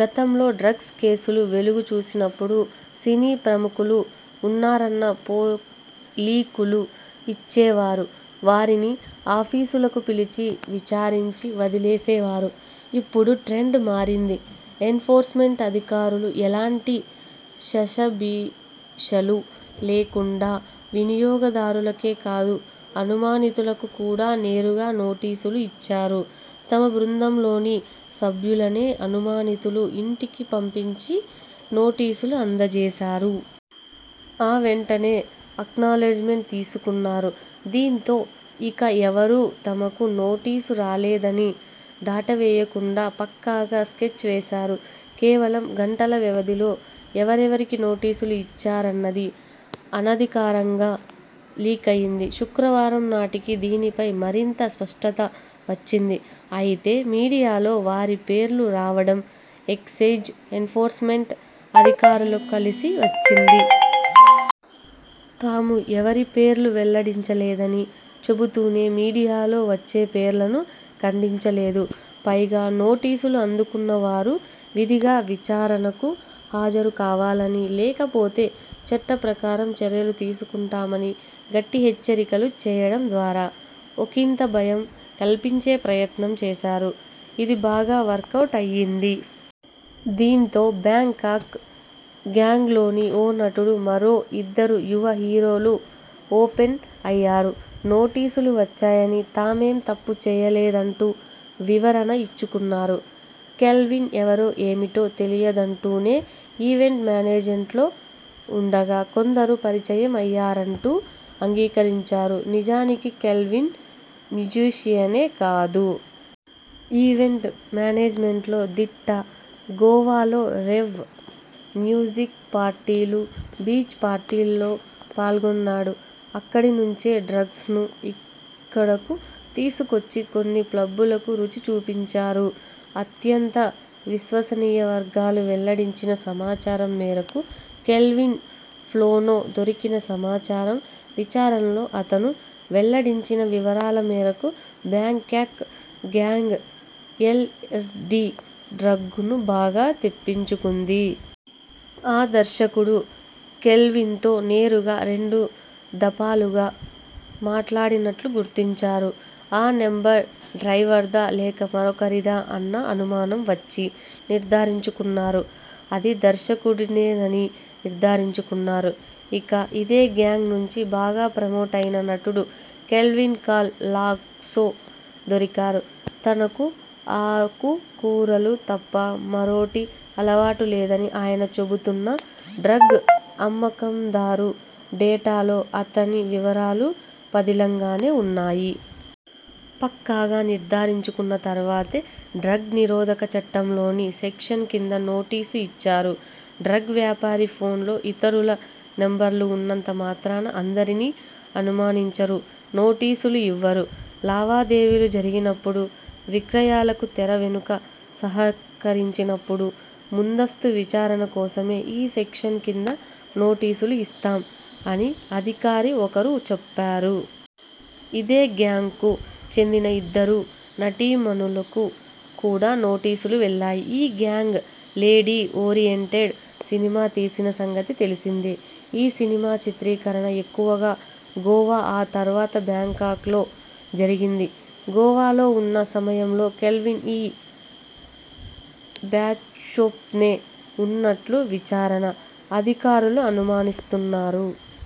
గతంలో డ్రగ్స్ కేసులు వెలుగు చూసినప్పుడు సినీ ప్రముఖులు ఉన్నారన్న లీకులు ఇచ్చేవారు. వారిని ఆఫీసులకు పిలిచి విచారించి వదిలేసేవారు. ఇప్పుడు ట్రెండ్ మారింది. ఎన్ఫోర్స్మెంట్ అధికారులు ఎలాంటి శషబిషలు లేకుండా వినియోగదారులకే కాదు అనుమానితులకు కూడా నేరుగా నోటీసులు ఇచ్చారు. తమ బృందంలోని సభ్యులనే అనుమానితుల ఇంటికి పంపించి నోటీసులు అందజేశారు. ఆ వెంటనే అక్నాలెడ్జ్మెంట్ తీసుకున్నారు. దీంతో ఇక ఎవరూ తమకు నోటీసు రాలేదని దాటవేయకుండా పక్కాగా స్కెచ్ వేశారు. కేవలం గంటల వ్యవధిలో ఎవరెవరికి నోటీసులు ఇచ్చారన్నది అనధికారికంగా లీకయింది. శుక్రవారం నాటికి దీనిపై మరింత స్పష్టత వచ్చింది. అయితే, మీడియాలో వారి పేర్లు రావడం ఎక్సైజ్ ఎన్ఫోర్స్మెంట్ అధికారులకు కలిసి వచ్చింది. తాము ఎవరి పేర్లు వెల్లడించలేదని చెబుతూనే మీడియాలో వచ్చే పేర్లను ఖండించలేదు. పైగా, నోటీసులు అందుకున్న వారు విధిగా విచారణకు హాజరు కావాలని, లేకపోతే చట్టప్రకారం చర్యలు తీసుకుంటామని గట్టి హెచ్చరికలు చేయడం ద్వారా ఒకింత భయం కల్పించే ప్రయత్నం చేశారు. ఇది బాగా వర్కవుట్ అయింది. దీంతో బ్యాంకాక్ గ్యాంగ్లోని ఓ నటుడు, మరో ఇద్దరు యువ హీరోలు ఓపెన్ అయ్యారు. నోటీసులు వచ్చాయని, తామేం తప్పు చేయలేదంటూ వివరణ ఇచ్చుకున్నారు. కెల్విన్ ఎవరో ఏమిటో తెలియదంటూనే ఈవెంట్ మేనేజ్మెంట్లో ఉండగా కొందరు పరిచయం అయ్యారంటూ అంగీకరించారు. నిజానికి, కెల్విన్ మ్యుజీషియనే కాదు. ఈవెంట్ మేనేజ్మెంట్లో దిట్ట. గోవాలో రేవ్, మ్యుజిక్ పార్టీలు, బీచ్ పార్టీల్లో పాల్గొన్నాడు. అక్కడి నుంచే డ్రగ్స్ను ఇక్కడకు తీసుకొచ్చి కొన్ని పబ్లకు రుచి చూపించారు. అత్యంత విశ్వసనీయ వర్గాలు వెల్లడించిన సమాచారం మేరకు కెల్విన్ ఫోన్లో దొరికిన సమాచారం, విచారణలో అతను వెల్లడించిన వివరాల మేరకు బ్యాంకాక్ గ్యాంగ్ ఎల్ఎ్సడీ డ్రగ్స్ను బాగా తెప్పించుకుంది. ఆ దర్శకుడు కెల్విన్తో నేరుగా రెండు దఫాలుగా మాట్లాడినట్లు గుర్తించారు. ఆ నంబర్ డ్రైవర్దా? లేక మరొకరిదా అన్న అనుమానం వచ్చి నిర్ధారించుకున్నారు. అది దర్శకుడిదేనని నిర్ధారించుకున్నారు. ఇక, ఇదే గ్యాంగ్ నుంచి బాగా ప్రమోట్ అయిన నటుడు కెల్విన్ కాల్ లాగ్స్లో దొరికారు. తనకు ఆకు కూరలు తప్ప మరోటి అలవాటు లేదని ఆయన చెబుతున్నా డ్రగ్ అమ్మకందారు డేటాలో అతని వివరాలు పదిలంగానే ఉన్నాయి. పక్కాగా నిర్ధారించుకున్న తర్వాతే డ్రగ్ నిరోధక చట్టంలోని సెక్షన్ కింద నోటీసు ఇచ్చారు. ''డ్రగ్ వ్యాపారి ఫోన్లో ఇతరుల నంబర్లు ఉన్నంత మాత్రాన అందరినీ అనుమానించరు. నోటీసులు ఇవ్వరు. లావాదే వీలు జరిగినప్పుడు, విక్రయాలకు తెర వెనుక సహకరించినప్పుడు ముందస్తు విచారణ కోసమే ఈ సెక్షన్ కింద నోటీసులు ఇస్తాం'' అని అధికారి ఒకరు చెప్పారు. ఇదే గ్యాంగ్కు చెందిన ఇద్దరు నటీమణులకు కూడా నోటీసులు వెళ్లాయి. ఈ గ్యాంగ్ లేడీ ఓరియంటెడ్ సినిమా తీసిన సంగతి తెలిసిందే. ఈ సినిమా చిత్రీకరణ ఎక్కువగా గోవా, ఆ తర్వాత బ్యాంకాక్లో జరిగింది. గోవాలో ఉన్న సమయంలో కెల్విన్ ఈ బ్యాచ్తోనే ఉన్నట్లు విచారణ అధికారులు అనుమానిస్తున్నారు.